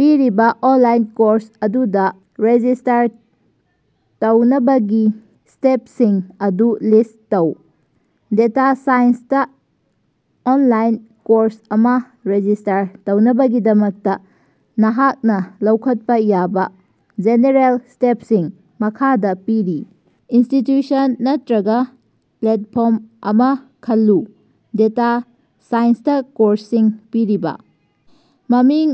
ꯄꯤꯔꯤꯕꯥ online course ꯑꯗꯨꯗꯥ register ꯇꯧꯅꯕꯒꯤ ꯁ꯭ꯇꯦꯞꯁꯤꯡ ꯑꯗꯨ ꯂꯤꯁ꯭ꯠ ꯇꯧ꯫ ꯗꯦꯇꯥ ꯁꯥꯏꯟꯁꯇꯥ ꯑꯣꯅꯂꯥꯏꯟ ꯀꯣꯔꯁ ꯑꯃꯥ ꯔꯦꯖꯤꯁ꯭ꯇꯔ ꯇꯧꯅꯕꯒꯤꯗꯃꯛꯇꯥ ꯅꯍꯥꯛꯅꯥ ꯂꯧꯈꯠꯄꯥ ꯌꯥꯕꯥ ꯖꯦꯅꯦꯔꯦꯜ ꯁ꯭ꯇꯦꯞꯁꯤꯡ ꯃꯈꯥꯗꯥ ꯄꯤꯔꯤ꯫ ꯏꯟꯁꯇꯤꯠꯌꯨꯁꯟ ꯅꯠꯇ꯭ꯔꯒꯥ ꯄ꯭ꯂꯦꯇꯐꯣꯔꯝ ꯑꯃꯥ ꯈꯜꯂꯨ ꯗꯦꯇꯥ ꯁꯥꯏꯟꯁꯇꯥ ꯀꯣꯔꯁꯁꯤꯡ ꯄꯤꯔꯤꯕꯥ ꯃꯃꯤꯡ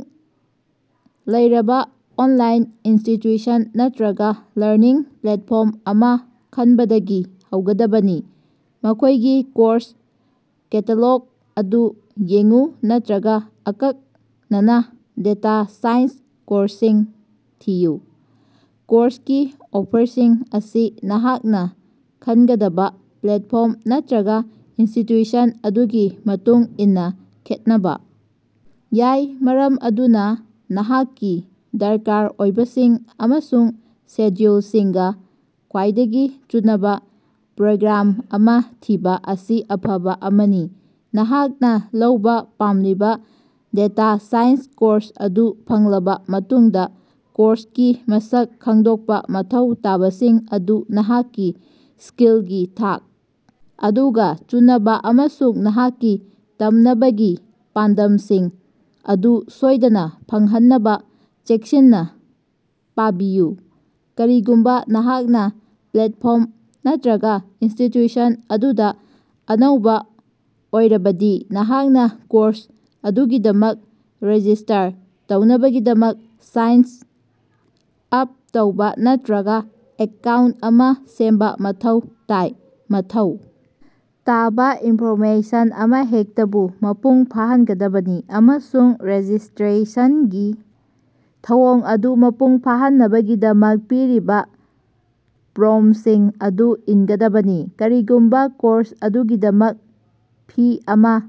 ꯂꯩꯔꯕꯥ ꯑꯣꯅꯂꯥꯏꯟ ꯏꯟꯁꯇꯤꯠꯌꯨꯁꯟ ꯅꯠꯇ꯭ꯔꯒꯥ ꯂꯔꯅꯤꯡ ꯄ꯭ꯂꯦꯇꯐꯣꯔꯝ ꯑꯃꯥ ꯈꯟꯕꯗꯒꯤ ꯍꯧꯒꯗꯕꯅꯤ꯫ ꯃꯈꯣꯏꯒꯤ ꯀꯣꯔꯁ ꯀꯦꯇꯥꯂꯣꯒ ꯑꯗꯨ ꯌꯦꯡꯎ ꯅꯠꯇ꯭ꯔꯒ ꯑꯀꯛꯅꯅꯥ ꯗꯦꯇꯥ ꯁꯥꯏꯟꯁ ꯀꯣꯔꯁꯁꯤꯡ ꯊꯤꯌꯨ꯫ ꯀꯣꯔꯁꯀꯤ ꯑꯣꯐꯔꯁꯤꯡ ꯑꯁꯤ ꯅꯍꯥꯛꯅꯥ ꯈꯟꯒꯗꯕꯥ ꯄ꯭ꯂꯦꯠꯐꯣꯔꯝ ꯅꯠꯇ꯭ꯔꯒꯥ ꯏꯟꯁꯇꯤꯠꯌꯨꯁꯟ ꯑꯗꯨꯒꯤ ꯃꯇꯨꯡ ꯏꯟꯅꯥ ꯈꯦꯠꯅꯕꯥ ꯌꯥꯏ, ꯃꯔꯝ ꯑꯗꯨꯅꯥ ꯅꯍꯥꯛꯀꯤ ꯗꯔꯀꯥꯔ ꯑꯣꯏꯕꯁꯤꯡ ꯑꯃꯁꯨꯡ ꯁꯦꯗ꯭ꯌꯨꯂꯁꯤꯡꯒꯥ ꯈ꯭ꯋꯥꯏꯗꯒꯤ ꯆꯨꯅꯕꯥ ꯄ꯭ꯔꯣꯒ꯭ꯔꯥꯝ ꯑꯃꯥ ꯊꯤꯕꯥ ꯑꯁꯤ ꯑꯐꯕꯥ ꯑꯃꯅꯤ꯫ꯅꯍꯥꯛꯅꯥ ꯂꯧꯕꯥ ꯄꯥꯝꯂꯤꯕꯥ ꯗꯦꯇꯥ ꯁꯥꯏꯟꯁ ꯀꯣꯔꯁ ꯑꯗꯨ ꯐꯪꯂꯕꯥ ꯃꯇꯨꯡꯗꯥ, ꯀꯣꯔꯁꯀꯤ ꯃꯁꯛ ꯈꯪꯗꯣꯛꯄꯥ, ꯃꯊꯧ ꯇꯥꯕꯁꯤꯡ ꯑꯗꯨ ꯅꯍꯥꯛꯀꯤ ꯁ꯭ꯀꯤꯜꯒꯤ ꯊꯥꯛ ꯑꯗꯨꯒꯥ ꯆꯨꯅꯕꯥ ꯑꯃꯁꯨꯡ ꯅꯍꯥꯛꯀꯤ ꯇꯝꯅꯕꯒꯤ ꯄꯥꯟꯗꯝꯁꯤꯡ ꯑꯗꯨ ꯁꯣꯏꯗꯅꯥ ꯐꯪꯍꯟꯅꯕꯥ ꯆꯦꯛꯁꯤꯟꯅꯥ ꯄꯥꯕꯤꯌꯨ꯫ ꯀꯔꯤꯒꯨꯝꯕꯥ ꯅꯍꯥꯛꯅꯥ ꯄ꯭ꯂꯦꯇꯐꯣꯔꯝ ꯅꯠꯇ꯭ꯔꯒꯥ ꯏꯟꯁꯇꯤꯠꯌꯨꯁꯟ ꯑꯗꯨꯗꯥ ꯑꯅꯧꯕꯥ ꯑꯣꯏꯔꯕꯗꯤ, ꯅꯍꯥꯛꯅꯥ ꯀꯣꯔꯁ ꯑꯗꯨꯒꯤꯗꯃꯛ ꯔꯦꯖꯤꯁ꯭ꯇꯔ ꯇꯧꯅꯕꯒꯤꯗꯃꯛ ꯁꯥꯏꯟ ꯑꯥꯞ ꯇꯧꯕ ꯅꯠꯇ꯭ꯔꯒꯥ ꯑꯦꯀꯥꯎꯟꯇ ꯑꯃꯥ ꯁꯦꯝꯕ ꯃꯊꯧ ꯇꯥꯏ꯫ꯃꯊꯧ ꯇꯥꯕꯥ ꯏꯟꯐꯣꯔꯃꯦꯁꯟ ꯑꯃꯍꯦꯛꯇꯕꯨ ꯃꯄꯨꯡ ꯐꯥꯍꯟꯒꯗꯕꯅꯤ ꯑꯃꯁꯨꯡ ꯔꯦꯖꯤꯁ꯭ꯇꯔꯦꯁꯟꯒꯤ ꯊꯧꯑꯣꯡ ꯑꯗꯨ ꯃꯄꯨꯡ ꯐꯥꯍꯟꯅꯕꯒꯤꯗꯃꯛ ꯄꯤꯔꯤꯕꯥ ꯄ꯭ꯔꯣꯝꯁꯤꯡ ꯑꯗꯨ ꯏꯟꯒꯗꯕꯅꯤ꯫ ꯀꯔꯤꯒꯨꯝꯕꯥ ꯀꯣꯔꯁ ꯑꯗꯨꯒꯤꯗꯃꯛ ꯐꯤ ꯑꯃꯥ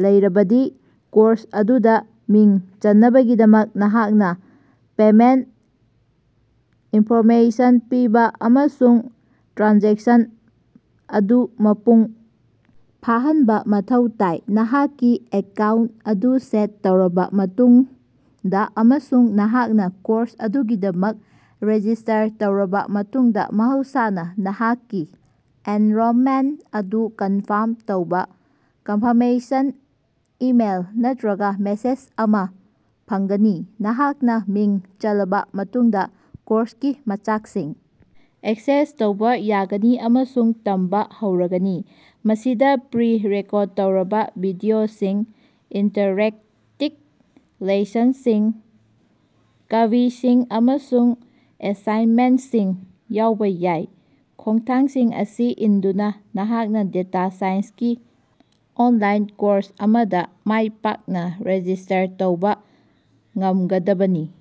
ꯂꯩꯔꯕꯗꯤ, ꯀꯣꯔꯁ ꯑꯗꯨꯗꯥ ꯃꯤꯡ ꯆꯜꯅꯕꯒꯤꯗꯃꯛ ꯅꯍꯥꯛꯅꯥ ꯄꯦꯃꯦꯟꯇ ꯏꯟꯐꯣꯔꯃꯦꯁꯟ ꯄꯤꯕꯥ ꯑꯃꯁꯨꯡ ꯇ꯭ꯔꯥꯟꯖꯦꯛꯁꯟ ꯑꯗꯨ ꯃꯄꯨꯡ ꯐꯥꯍꯟꯕꯥ ꯃꯊꯧ ꯇꯥꯏ꯫ ꯅꯍꯥꯛꯀꯤ ꯑꯦꯀꯥꯎꯟꯇ ꯑꯗꯨ ꯁꯦꯠ ꯇꯧꯔꯕꯥ ꯃꯇꯨꯡꯗꯥ ꯑꯃꯁꯨꯡ ꯅꯍꯥꯛꯅꯥ ꯀꯣꯔꯁ ꯑꯗꯨꯒꯤꯗꯃꯛ ꯔꯦꯖꯤꯁ꯭ꯇꯔ ꯇꯧꯔꯕꯥ ꯃꯇꯨꯡꯗꯥ, ꯃꯍꯧꯁꯥꯅꯥ ꯅꯍꯥꯛꯀꯤ ꯑꯦꯟꯔꯣꯝꯃꯦꯟꯠ ꯑꯗꯨ ꯀꯟꯐꯥꯔꯝ ꯇꯧꯕ ꯀꯟꯐꯥꯔꯃꯦꯁꯟ ꯏꯃꯦꯜ ꯅꯠꯇ꯭ꯔꯒꯥ ꯃꯦꯁꯦꯖ ꯑꯃꯥ ꯐꯪꯒꯅꯤ꯫ꯅꯍꯥꯛꯅꯥ ꯃꯤꯡ ꯆꯜꯂꯕꯥ ꯃꯇꯨꯡꯗꯥ ꯀꯣꯔꯁꯀꯤ ꯃꯆꯥꯛꯁꯤꯡ ꯑꯦꯛꯁꯦꯁ ꯇꯧꯕ ꯌꯥꯒꯅꯤ ꯑꯃꯁꯨꯡ ꯇꯝꯕ ꯍꯧꯔꯒꯅꯤ꯫ ꯃꯁꯤꯗꯥ ꯄ꯭ꯔꯤ ꯔꯦꯀꯣꯔꯠ ꯇꯧꯔꯕꯥ ꯚꯤꯗꯤꯑꯣꯁꯤꯡ, ꯏꯟꯇꯔꯦꯛꯇꯤꯛ ꯂꯦꯁꯟꯁꯤꯡ, ꯀ꯭ꯕꯤꯖꯁꯤꯡ ꯑꯃꯁꯨꯡ ꯑꯦꯁꯥꯏꯃꯦꯟꯠꯁꯤꯡ ꯌꯥꯎꯕ ꯌꯥꯏ꯫ ꯈꯣꯡꯊꯥꯡꯁꯤꯡ ꯑꯁꯤ ꯏꯟꯗꯨꯅꯥ, ꯅꯍꯥꯛꯅꯥ ꯗꯦꯇꯥ ꯁꯥꯏꯟꯁꯀꯤ ꯑꯣꯅꯂꯥꯏꯟ ꯀꯣꯔꯁ ꯑꯃꯗꯥ ꯃꯥꯏꯄꯥꯛꯅꯥ ꯔꯦꯖꯤꯁ꯭ꯇꯔ ꯇꯧꯕꯥ ꯉꯝꯒꯗꯕꯅꯤ꯫